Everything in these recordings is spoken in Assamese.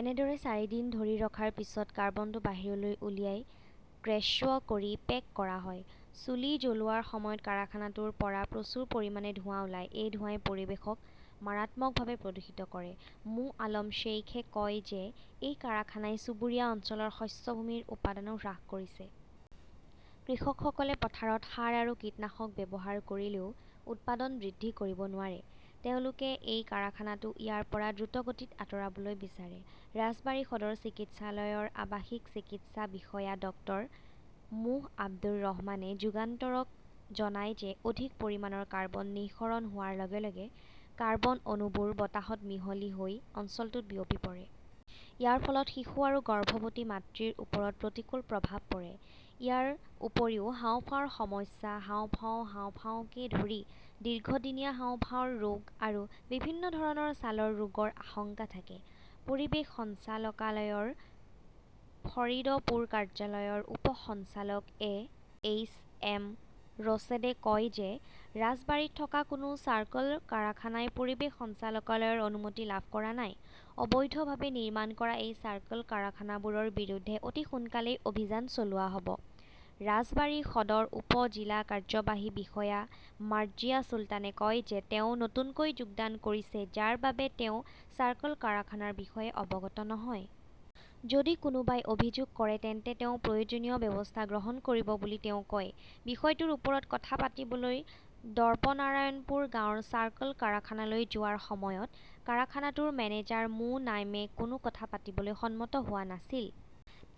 এনেদৰে চাৰিদিন ধৰি ৰখাৰ পিছত কাৰ্বনটো বাহিৰলৈ উলিয়াই ক্ৰেশ্ব কৰি পেক কৰা হয়। চুলি জ্বলোৱাৰ সময়ত কাৰখানাটোৰ পৰা প্ৰচুৰ পৰিমাণে ধোঁৱা ওলাই। এই ধোঁৱাই পৰিৱেশক মাৰাত্মকভাৱে প্ৰদূষিত কৰে। মো. আলম শ্বেইখে কয় যে এই কাৰখানাই চুবুৰীয়া অঞ্চলৰ শস্য ভূমিৰ উৎপাদনও হ্ৰাস কৰিছে। কৃষকসকলে পথাৰত সাৰ আৰু কীটনাশক ব্যৱহাৰ কৰিলেও উৎপাদন বৃদ্ধি কৰিব নোৱাৰে। তেওঁলোকে এই কাৰখানাটো ইয়াৰ পৰা দ্ৰুতগতিত আঁতৰাবলৈ বিচাৰে। ৰাজবাৰী সদৰ চিকিৎসালয়ৰ আৱাসিক চিকিৎসা বিষয়া ডাঃ মো. আব্দুৰ ৰহমানে যুগান্তৰক জনায় যে অধিক পৰিমাণৰ কাৰ্বন নিঃসৰণ হোৱাৰ লগে লগে কাৰ্বন অণুবোৰ বতাহত মিহলি হৈ অঞ্চলটোত বিয়পি পৰে। ইয়াৰ ফলত শিশু আৰু গৰ্ভৱতী মাতৃৰ ওপৰত প্ৰতিকূল প্ৰভাৱ পৰে। ইয়াৰ উপৰিও হাঁওফাঁওৰ সমস্যা, হাঁওফাঁও, হাঁওফাঁওকে ধৰি দীৰ্ঘদিনীয়া হাঁওফাঁওৰ ৰোগ আৰু বিভিন্ন ধৰণৰ ছালৰ ৰোগৰ আশংকা থাকে। পৰিৱেশ সঞ্চালকালয়ৰ ফৰিদপুৰ কাৰ্যালয়ৰ উপ সঞ্চালক এ. এইচ. এম. ৰছেদে কয় যে ৰাজবাৰীত থকা কোনো চাৰ্কল কাৰখানাই পৰিৱেশ সঞ্চালকালয়ৰ অনুমতি লাভ কৰা নাই। অবৈধভাৱে নিৰ্মাণ কৰা এই চাৰ্কল কাৰখানাবোৰৰ বিৰুদ্ধে অতি সোনকালেই অভিযান চলোৱা হ'ব। ৰাজবাৰী সদৰ উপ-জিলা কাৰ্যবাহী বিষয়া মাৰ্জিয়া চুলতানে কয় যে তেওঁ নতুনকৈ যোগদান কৰিছে যাৰ বাবে তেওঁ চাৰ্কল কাৰখানাৰ বিষয়ে অৱগত নহয়। যদি কোনোবাই অভিযোগ কৰে তেন্তে তেওঁ প্ৰয়োজনীয় ব্যৱস্থা গ্ৰহণ কৰিব বুলি তেওঁ কয়। বিষয়টোৰ ওপৰত কথা পাতিবলৈ দৰ্পনাৰায়ণপুৰ গাঁৱৰ চাৰ্কল কাৰখানালৈ যোৱাৰ সময়ত কাৰখানাটোৰ মেনেজাৰ মো. নাইমে কোনো কথা পাতিবলৈ সন্মত হোৱা নাছিল।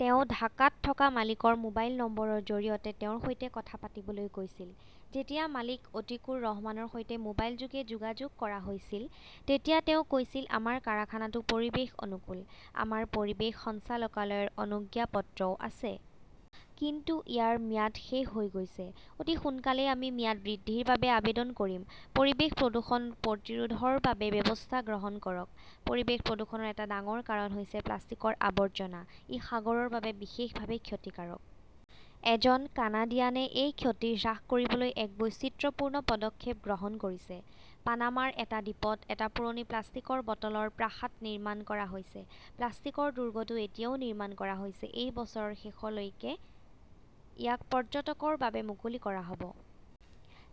তেওঁ ঢাকাত থকা মালিকৰ মোবাইল নম্বৰৰ জৰিয়তে তেওঁৰ সৈতে কথা পাতিবলৈ কৈছিল। যেতিয়া মালিক অতীকুৰ ৰহমানৰ সৈতে মোবাইলযোগে যোগাযোগ কৰা হৈছিল, তেতিয়া তেওঁ কৈছিল, "আমাৰ কাৰখানাটো পৰিৱেশ অনুকূল"। আমাৰ পৰিৱেশ সঞ্চালকালয়ৰ অনুজ্ঞাপত্ৰও আছে। কিন্তু ইয়াৰ ম্যাদ শেষ হৈ গৈছে। অতি সোনকালেই আমি ম্যাদ বৃদ্ধিৰ বাবে আবেদন কৰিম। পৰিৱেশ প্ৰদূষণ প্ৰতিৰোধৰ বাবে ব্যৱস্থা গ্ৰহণ কৰক পৰিৱেশ প্ৰদূষণৰ এটা ডাঙৰ কাৰণ হৈছে প্লাষ্টিকৰ আৱৰ্জনা। ই সাগৰৰ বাবে বিশেষভাৱে ক্ষতিকাৰক। এজন কানাডিয়ানে এই ক্ষতি হ্ৰাস কৰিবলৈ এক বৈচিত্ৰপূৰ্ণ পদক্ষেপ গ্ৰহণ কৰিছে। পানামাৰ এটা দ্বীপত এটা পুৰণি প্লাষ্টিকৰ বটলৰ প্ৰাসাদ নিৰ্মাণ কৰা হৈছে। প্লাষ্টিকৰ দুৰ্গটো এতিয়াও নিৰ্মাণ কৰা হৈ আছে। এই বছৰৰ শেষৰলৈকে ইয়াক পৰ্যটকৰ বাবে মুকলি কৰা হ'ব।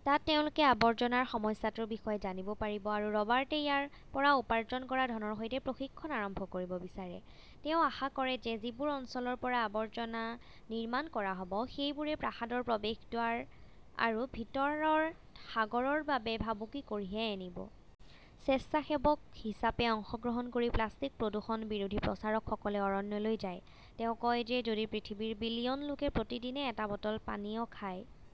তাত তেওঁলোকে আৱৰ্জনাৰ সমস্যাটোৰ বিষয়ে জানিব পাৰিব আৰু ৰবাৰ্টে ইয়াৰ পৰা উপাৰ্জন কৰা ধনৰ সৈতে প্ৰশিক্ষণ আৰম্ভ কৰিব বিচাৰে। তেওঁ আশা কৰে যে যিবোৰ অঞ্চলৰ পৰা আৱৰ্জনা নিৰ্মাণ কৰা হ'ব, সেইবোৰে প্ৰাসাদৰ প্ৰৱেশদ্বাৰ আৰু ভিতৰত সাগৰৰ বাবে ভাবুকি কঢ়িয়াই আনিব। স্বেচ্ছাসেৱক হিচাপে অংশগ্ৰহণ কৰি প্লাষ্টিক প্ৰদূষণ বিৰোধী প্ৰচাৰকসকলে অৰণ্যলৈ যায়। তেওঁ কয় যে যদি পৃথিৱীৰ বিলিয়ন লোকে প্ৰতিদিনে এটা বটল পানীয় খায়।